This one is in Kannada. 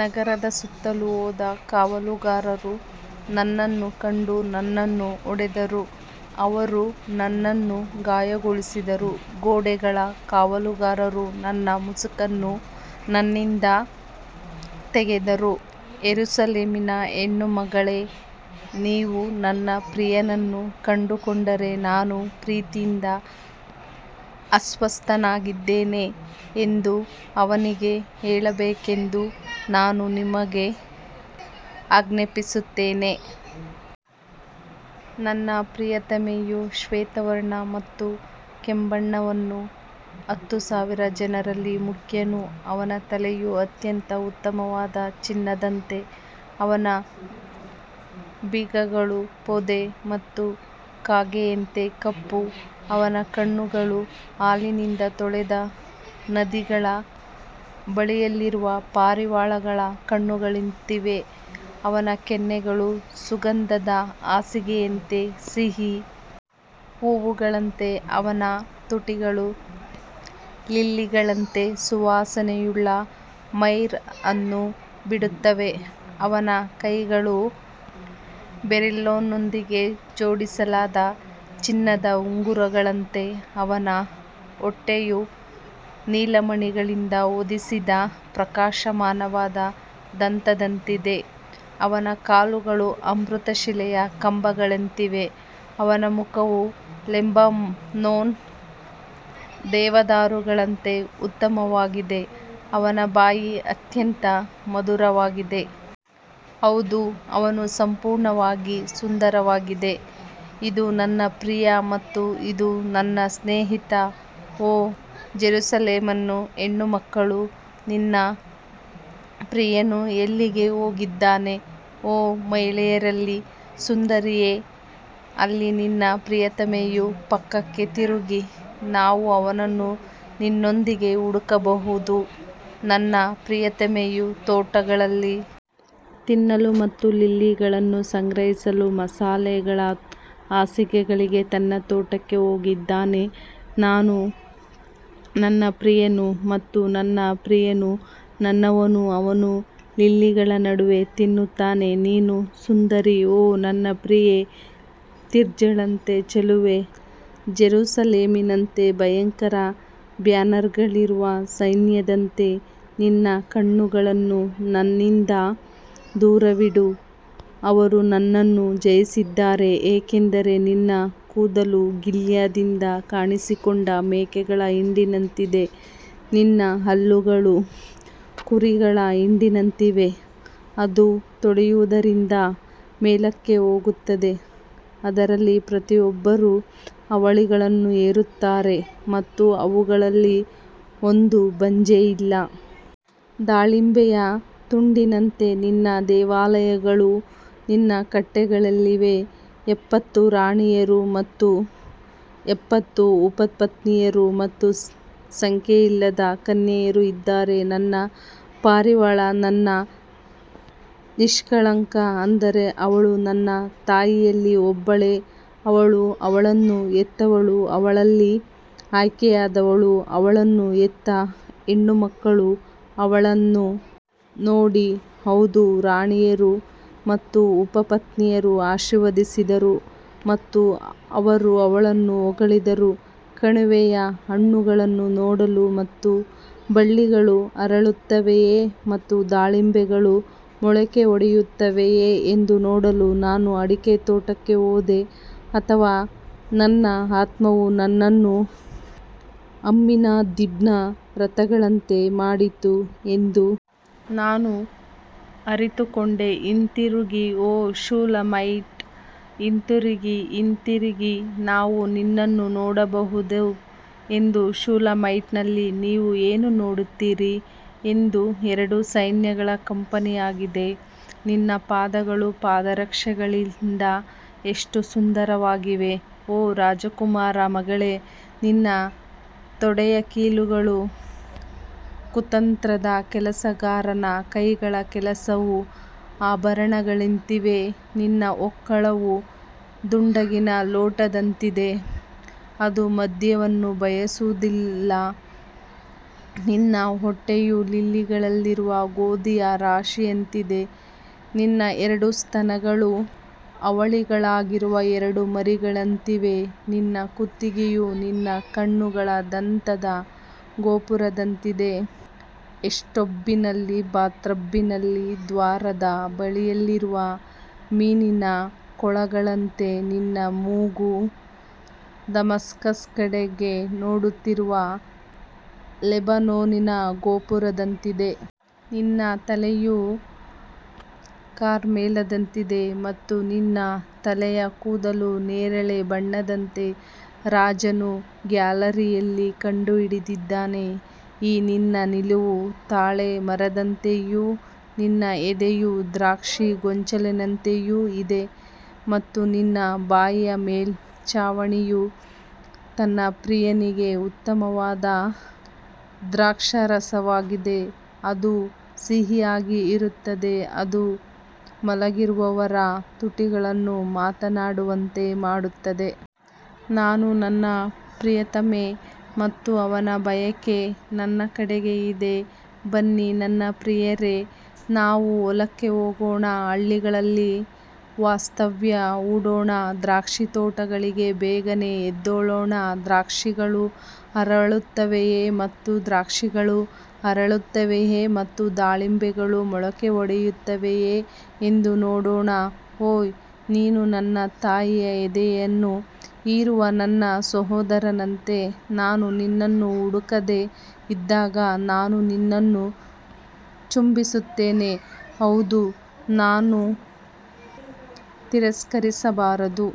ನಗರದ ಸುತ್ತಲೂ ಹೋದ ಕಾವಲುಗಾರರು ನನ್ನನ್ನು ಕಂಡು ನನ್ನನ್ನು ಹೊಡೆದರು ಅವರು ನನ್ನನ್ನು ಗಾಯಗೊಳಿಸಿದರು ಗೋಡೆಗಳ ಕಾವಲುಗಾರರು ನನ್ನ ಮುಸುಕನ್ನು ನನ್ನಿಂದ ತೆಗೆದರು ಯೆರೂಸಲೇಮಿನ ಹೆಣ್ಣು ಮಕ್ಕಳೇ, ನೀವು ನನ್ನ ಪ್ರಿಯನನ್ನು ಕಂಡುಕೊಂಡರೆ ನಾನು ಪ್ರೀತಿಯಿಂದ ಅಸ್ವಸ್ಥನಾಗಿದ್ದೇನೆ ಎಂದು ಅವನಿಗೆ ಹೇಳಬೇಕೆಂದು ನಾನು ನಿಮಗೆ ಆಜ್ಞಾಪಿಸುತ್ತೇನೆ. ನನ್ನ ಪ್ರಿಯತಮೆಯು ಶ್ವೇತವರ್ಣ ಮತ್ತು ಕೆಂಬಣ್ಣದವನು ಹತ್ತು ಸಾವಿರ ಜನರಲ್ಲಿ ಮುಖ್ಯನು ಅವನ ತಲೆಯು ಅತ್ಯಂತ ಉತ್ತಮವಾದ ಚಿನ್ನದಂತೆ ಅವನ ಬೀಗಗಳು ಪೊದೆ ಮತ್ತು ಕಾಗೆಯಂತೆ ಕಪ್ಪು ಅವನ ಕಣ್ಣುಗಳು ಹಾಲಿನಿಂದ ತೊಳೆದ ನದಿಗಳ ಬಳಿಯಿರುವ ಪಾರಿವಾಳಗಳ ಕಣ್ಣುಗಳಂತಿವೆ ಅವನ ಕೆನ್ನೆಗಳು ಸುಗಂಧದ ಹಾಸಿಗೆಯಂತೆ ಸಿಹಿ ಹೂವುಗಳಂತೆ ಅವನ ತುಟಿಗಳು ಲಿಲ್ಲಿಗಳಂತೆ ಸುವಾಸನೆಯುಳ್ಳ ಮೈರ್ ಅನ್ನು ಬಿಡುತ್ತವೆ ಅವನ ಕೈಗಳು ಬೆರಿಲ್ನೊಂದಿಗೆ ಜೋಡಿಸಲಾದ ಚಿನ್ನದ ಉಂಗುರಗಳಂತೆ ಅವನ ಹೊಟ್ಟೆಯು ನೀಲಮಣಿಗಳಿಂದ ಹೊದಿಸಿದ ಪ್ರಕಾಶಮಾನವಾದ ದಂತದಂತಿದೆ ಅವನ ಕಾಲುಗಳು ಅಮೃತಶಿಲೆಯ ಕಂಬಗಳಂತಿವೆ, ಅವನ ಮುಖವು ಲೆಬನೋನ್ ದೇವದಾರುಗಳಂತೆ ಉತ್ತಮವಾಗಿದೆ ಅವನ ಬಾಯಿ ಅತ್ಯಂತ ಮಧುರವಾಗಿದೆ ಹೌದು ಅವನು ಸಂಪೂರ್ಣವಾಗಿ ಸುಂದರವಾಗಿದೆ ಇದು ನನ್ನ ಪ್ರಿಯ ಮತ್ತು ಇದು ನನ್ನ ಸ್ನೇಹಿತ ಓ ಜೆರುಸಲೆಮ್ನ ಹೆಣ್ಣುಮಕ್ಕಳು ನಿನ್ನ ಪ್ರಿಯನು ಎಲ್ಲಿಗೆ ಹೋಗಿದ್ದಾನೆ ಓ ಮಹಿಳೆಯರಲ್ಲಿ ಸುಂದರಿಯೇ, ಅಲ್ಲಿ ನಿನ್ನ ಪ್ರಿಯತಮೆಯು ಪಕ್ಕಕ್ಕೆ ತಿರುಗಿ ನಾವು ಅವನನ್ನು ನಿನ್ನೊಂದಿಗೆ ಹುಡುಕಬಹುದು ನನ್ನ ಪ್ರಿಯತಮೆಯು ತೋಟಗಳಲ್ಲಿ ತಿನ್ನಲು ಮತ್ತು ಲಿಲ್ಲಿಗಳನ್ನು ಸಂಗ್ರಹಿಸಲು ಮಸಾಲೆಗಳ ಹಾಸಿಗೆಗಳಿಗೆ ತನ್ನ ತೋಟಕ್ಕೆ ಹೋಗಿದ್ದಾನೆ ನಾನು ನನ್ನ ಪ್ರಿಯನು ಮತ್ತು ನನ್ನ ಪ್ರಿಯನು ನನ್ನವನು ಅವನು ಲಿಲ್ಲಿಗಳ ನಡುವೆ ತಿನ್ನುತ್ತಾನೆ ನೀನು ಸುಂದರಿ ಓ ನನ್ನ ಪ್ರಿಯೆ ತಿರ್ಜಾಳಂತೆ ಚೆಲುವೆ ಜೆರುಸಲೇಮಿನಂತೆ ಭಯಂಕರ ಬ್ಯಾನರ್ಗಳಿರುವ ಸೈನ್ಯದಂತೆ ನಿನ್ನ ಕಣ್ಣುಗಳನ್ನು ನನ್ನಿಂದ ದೂರವಿಡು ಅವರು ನನ್ನನ್ನು ಜಯಿಸಿದ್ದಾರೆ ಏಕೆಂದರೆ ನಿನ್ನ ಕೂದಲು ಗಿಲ್ಯಾದ್ನಿಂದ ಕಾಣಿಸಿಕೊಂಡ ಮೇಕೆಗಳ ಹಿಂಡಿನಂತಿದೆ ನಿನ್ನ ಹಲ್ಲುಗಳು ಕುರಿಗಳ ಹಿಂಡಿನಂತಿವೆ, ಅದು ತೊಳೆಯುವುದರಿಂದ ಮೇಲಕ್ಕೆ ಹೋಗುತ್ತದೆ, ಅದರಲ್ಲಿ ಪ್ರತಿಯೊಬ್ಬರೂ ಅವಳಿಗಳನ್ನು ಹೆರುತ್ತಾರೆ ಮತ್ತು ಅವುಗಳಲ್ಲಿ ಒಂದು ಬಂಜೆಯಿಲ್ಲ. ದಾಳಿಂಬೆಯ ತುಂಡಿನಂತೆ ನಿನ್ನ ದೇವಾಲಯಗಳು ನಿನ್ನ ಕಟ್ಟೆಗಳಲ್ಲಿವೆ ಎಪ್ಪತ್ತು ರಾಣಿಯರು ಮತ್ತು ಎಪ್ಪತ್ತು ಉಪಪತ್ನಿಯರು ಮತ್ತು ಸಂಖ್ಯೆಯಿಲ್ಲದ ಕನ್ಯೆಯರು ಇದ್ದಾರೆ ನನ್ನ ಪಾರಿವಾಳ ನನ್ನ ನಿಷ್ಕಳಂಕ ಆದರೆ ಅವಳು ತನ್ನ ತಾಯಿಯಲ್ಲಿ ಒಬ್ಬಳೇ ಅವಳು ಅವಳನ್ನು ಹೆತ್ತವಳು ಅವಳಲ್ಲಿ ಆಯ್ಕೆಯಾದವಳು ಅವಳನ್ನು ಹೆತ್ತ ಹೆಣ್ಣುಮಕ್ಕಳು ಅವಳನ್ನು ನೋಡಿ ಹೌದು ರಾಣಿಯರು ಮತ್ತು ಉಪಪತ್ನಿಯರನ್ನು ಆಶೀರ್ವದಿಸಿದರು ಮತ್ತು ಅವರು ಅವಳನ್ನು ಹೊಗಳಿದರು ಕಣಿವೆಯ ಹಣ್ಣುಗಳನ್ನು ನೋಡಲು ಮತ್ತು ಬಳ್ಳಿಗಳು ಅರಳುತ್ತವೆಯೇ ಮತ್ತು ದಾಳಿಂಬೆಗಳು ಮೊಳಕೆಯೊಡೆಯುತ್ತವೆಯೇ ಎಂದು ನೋಡಲು ನಾನು ಅಡಿಕೆ ತೋಟಕ್ಕೆ ಹೋದೆ ಅಥವಾ ನನ್ನ ಆತ್ಮವು ನನ್ನನ್ನು ಅಮ್ಮಿನದಿಬ್ನ ರಥಗಳಂತೆ ಮಾಡಿತು ಎಂದು ನಾನು ಅರಿತುಕೊಂಡೆ ಹಿಂತಿರುಗಿ ಓ ಶೂಲಮೈಟ್ ಹಿಂತಿರುಗಿ ಹಿಂತಿರುಗಿ ನಾವು ನಿನ್ನನ್ನು ನೋಡಬಹುದು ಎಂದು ಶೂಲಮೈಟ್ನಲ್ಲಿ ನೀವು ಏನು ನೋಡುತ್ತೀರಿ ಅದು ಎರಡು ಸೈನ್ಯಗಳ ಕಂಪನಿಯಾಗಿದೆ ನಿನ್ನ ಪಾದಗಳು ಪಾದರಕ್ಷೆಗಳಿಂದ ಎಷ್ಟು ಸುಂದರವಾಗಿವೆ ಓ ರಾಜಕುಮಾರ ಮಗಳೇ, ನಿನ್ನ ತೊಡೆಯ ಕೀಲುಗಳು ಕುತಂತ್ರದ ಕೆಲಸಗಾರನ ಕೈಗಳ ಕೆಲಸವು ಆಭರಣಗಳಂತಿವೆ ನಿನ್ನ ಹೊಕ್ಕುಳವು ದುಂಡಗಿನ ಲೋಟದಂತಿದೆ, ಅದು ಮದ್ಯವನ್ನು ಬಯಸುವುದಿಲ್ಲ, ನಿನ್ನ ಹೊಟ್ಟೆಯು ಲಿಲ್ಲಿಗಳಿರುವ ಗೋಧಿಯ ರಾಶಿಯಂತಿದೆ ನಿನ್ನ ಎರಡು ಸ್ತನಗಳು ಅವಳಿಗಳಾಗಿರುವ ಎರಡು ಮರಿಗಳಂತಿವೆ ನಿನ್ನ ಕುತ್ತಿಗೆಯು ನಿನ್ನ ಕಣ್ಣುಗಳ ದಂತದ ಗೋಪುರದಂತಿದೆ, ಹೆಷ್ಬೋನಿನಲ್ಲಿ ಬಾತ್ರಬ್ಬೀಮಿನ ದ್ವಾರದ ಬಳಿಯಲ್ಲಿರುವ ಮೀನಿನ ಕೊಳಗಳಂತೆ ನಿನ್ನ ಮೂಗು ದಮಾಸ್ಕಸ್ ಕಡೆಗೆ ನೋಡುತ್ತಿರುವ ಲೆಬನೋನಿನ ಗೋಪುರದಂತಿದೆ. ನಿನ್ನ ತಲೆಯು ಕಾರ್ಮೆಲ್ನಂತಿದೆ ಮತ್ತು ನಿನ್ನ ತಲೆಯ ಕೂದಲು ನೇರಳೆ ಬಣ್ಣದಂತೆ ರಾಜನು ಗ್ಯಾಲರಿಗಳಲ್ಲಿ ಹಿಡಿದಿದ್ದಾನೆ ಈ ನಿನ್ನ ನಿಲುವು ತಾಳೆ ಮರದಂತೆಯೂ ನಿನ್ನ ಎದೆಯು ದ್ರಾಕ್ಷಿ ಗೊಂಚಲುಗಳಂತೆಯೂ ಇದೆ. ಮತ್ತು ನಿನ್ನ ಬಾಯಿಯ ಮೇಲ್ಛಾವಣಿಯು ನನ್ನ ಪ್ರಿಯನಿಗೆ ಉತ್ತಮವಾದ ದ್ರಾಕ್ಷಾರಸವಾಗಿದೆ, ಅದು ಸಿಹಿಯಾಗಿ ಇಳಿಯುತ್ತದೆ, ಅದು ಮಲಗಿರುವವರ ತುಟಿಗಳನ್ನು ಮಾತನಾಡುವಂತೆ ಮಾಡುತ್ತದೆ. ನಾನು ನನ್ನ ಪ್ರಿಯತಮೆ ಮತ್ತು ಅವನ ಬಯಕೆ ನನ್ನ ಕಡೆಗೆ ಇದೆ ಬನ್ನಿ ನನ್ನ ಪ್ರಿಯರೇ, ನಾವು ಹೊಲಕ್ಕೆ ಹೋಗೋಣ, ಹಳ್ಳಿಗಳಲ್ಲಿ ವಾಸ್ತವ್ಯ ಹೂಡೋಣ ದ್ರಾಕ್ಷಿತೋಟಗಳಿಗೆ ಬೇಗನೆ ಎದ್ದೇಳೋಣ, ದ್ರಾಕ್ಷಿಗಳು ಅರಳುತ್ತವೆಯೇ ಮತ್ತು ದ್ರಾಕ್ಷಿಗಳು ಅರಳುತ್ತವೆಯೇ ಮತ್ತು ದಾಳಿಂಬೆಗಳು ಮೊಳಕೆಯೊಡೆಯುತ್ತವೆಯೇ ಎಂದು ನೋಡೋಣ. ಓಹ್ ನೀನು ನನ್ನ ತಾಯಿಯ ಎದೆಯನ್ನು ಹೀರುವ ನನ್ನ ಸಹೋದರನಂತೆ ನಾನು ನಿನ್ನನ್ನು ಹುಡುಕದೆ ಇದ್ದಾಗ ನಾನು ನಿನ್ನನ್ನು ಚುಂಬಿಸುತ್ತೇನೆ ಹೌದು ನಾನು ತಿರಸ್ಕರಿಸಬಾರದು.